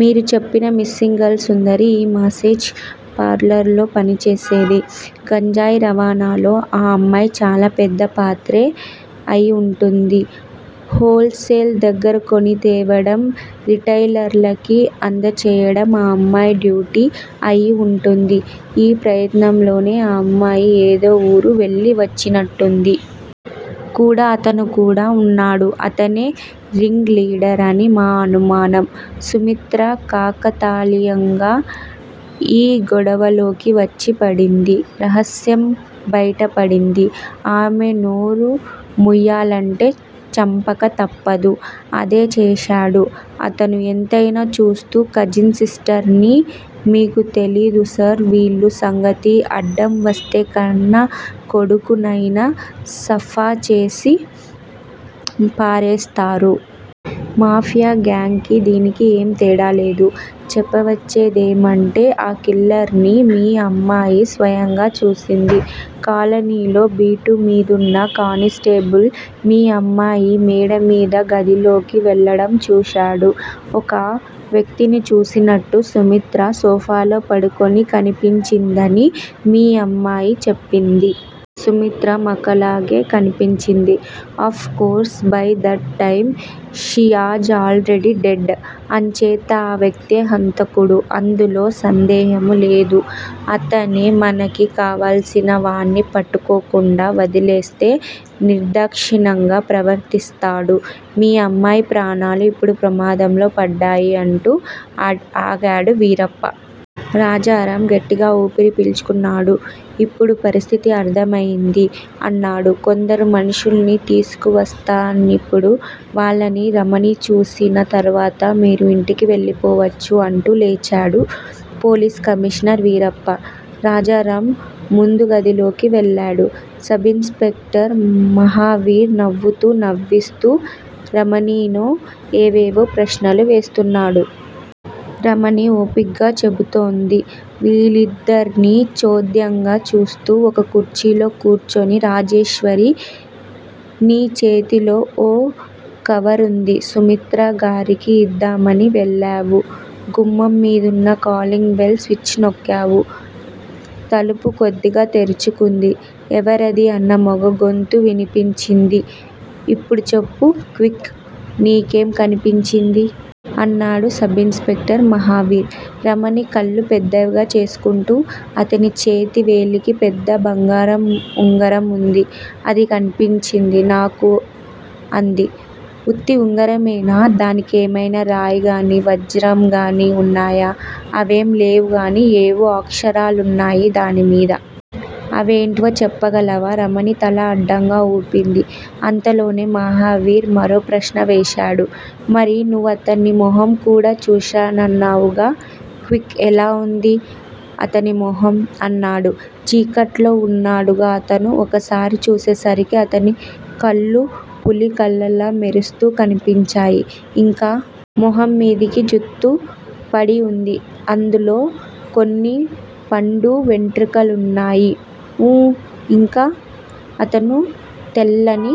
మీరు చెప్పినా missing girl Sundari ఈ మాసేజ్ పార్లర్ లో పనిచేసేది. గంజాయి రవాణాలో ఆ అమ్మాయి చాలా పెద్ద పాత్రే అయి వుంటుంది. Whole sale దగ్గరకొనితేవడం. రిటెయిలర్లకి అందజేయ్యడం ఆ అమ్మాయి డ్యూటీ అయి ఉంటుంది. ఈ ప్రయత్నంలోనే ఆ అమ్మాయి ఏదో వూరు వెళ్ళి వచ్చినట్టుంది. కూడా 'అతను' కూడా వున్నాడు. 'అతనే' రింగ్ లీడర్ అని మా అనుమానం. సుమిత్ర కాకతాళీయంగా ఈ గొడవలోకి వచ్చి పడింది. రహస్యం బయట పడింది. ఆమె నోరుముయ్యాలంటే చంపక తప్పదు. అదే చేశాడు అతను ఎంతయినా చూస్తూ కజిన్ సిస్టర్ని, మీకు తెలీదు సార్ వీళ్ళ సంగతి అడ్డం వస్తే కన్నా కొడుకు నైనా సఫా చేసి పారేస్తారు. మాఫియా గ్యాంగ్ కి దీనికి ఏం తేడా లేదు. చెప్పవచ్చేదేమంటే-ఆ కిల్లర్ని మీ అమ్మాయి స్వయంగా చూసింది. కాలనీలో బీటు మీదున్న కానిస్టేబుల్ మీ అమ్మాయి మేడ మీది గదిలోకి వెళ్ళడం చూశాడు. ఒక వ్యక్తిని చూసినట్టూ, సుమిత్ర సోఫాలో పడుకొని కనిపించిందని మీ అమ్మాయి చెప్పింది. సుమిత్ర మకలాగే కన్పించింది. Of course by that time she is already dead! అంచేత ఆ వ్యక్తే హంతకుడు. అందులో సందేహము లేదు. అతనే మనకి కావలసిన. వాణ్ని పట్టుకోకుండా వదిలేస్తే నిర్దాక్షిణ్యంగా ప్రవర్తిస్తాడు. మీ అమ్మాయి ప్రాణాలు ఇప్పుడు ప్రమాదంలో పడ్డాయి. అంటూ ఆగాడు వీరప్ప. రాజారామ్ గట్టిగా ఊపిరి పీల్చుకున్నాడు. ఇప్పుడు పరిస్థితి అర్ధమయింది. అన్నాడు. కొందరు మనుష్యుల్ని తీసుకువస్తానిప్పుడు వాళ్ళని రమణి చూసిన తరువాత మీరు ఇంటికి వెళ్ళిపోవచ్చు. అంటూ లేచాడు పోలీస్ కమిషనర్ వీరప్ప. రాజారామ్ ముందుగదిలోకి వెళ్ళాడు. సబ్ ఇన్ స్పెక్టర్ మహావీర్ నవ్వుతూ, నవ్విస్తూ, రమణిని ఏవేవో ప్రశ్నలు వేస్తున్నాడు. రమణి ఓపిగ్గా చెబుతోంది. వీళ్ళిద్దర్నీ చోద్యంగా చూస్తూ ఓ కుర్చీలో కూర్చుంది రాజేశ్వరి. నీ చేతిలో ఓ కవరుంది. సుమిత్ర గారికి ఇద్దామని వెల్లావు. గుమ్మం మీదున్న కాలింగ్ బెల్ స్విచ్ నోక్కావు. తలుపు కొద్దిగా తెరుచుకుంది. 'ఎవరది' అన్న మగ గొంతు వినిపించింది. ఇప్పుడు చెప్పు, క్విక్, నీకేం కన్పించింది? అన్నాడు sub inspector Mahavir. Ramani కళ్ళు పెద్దవిగా చేసుకుంటూ అతని చేతి వేలికి పెద్ద బంగారం ఉంగరం ఉంది. అది కన్పించింది నాకు అంది. ఉత్తి ఉంగరమేనా? దానికేమయినా రాయి గాని, వజ్రంగాని ఉన్నాయా? అవేం లేవుగాని, ఏవో అక్షరాలున్నాయి దాని మీద! అవేంటో చెప్పగలవా? రమణి తల అడ్డంగా ఊపింది. అంతలోనే మహావీర్ మరో ప్రశ్న వేశాడు. మరి, నువ్వతని మొహం కూడా చూశానన్నావుగా! క్విక్!! ఎలా ఉంది అతని మొహం? అన్నాడు. చీకట్లో ఉన్నాడుగా అతను! ఒక్కసారి చూసేసరికి అతని కళ్ళు పులి కళ్ళలా మెరుస్తూ కన్పించాయి ఇంకా? మొహం మీదికి జుత్తు పడి ఉంది. అందులో కొన్ని పండు వెంట్రుకలున్నాయి ఊఁ ఇంకా? అతను తెల్లని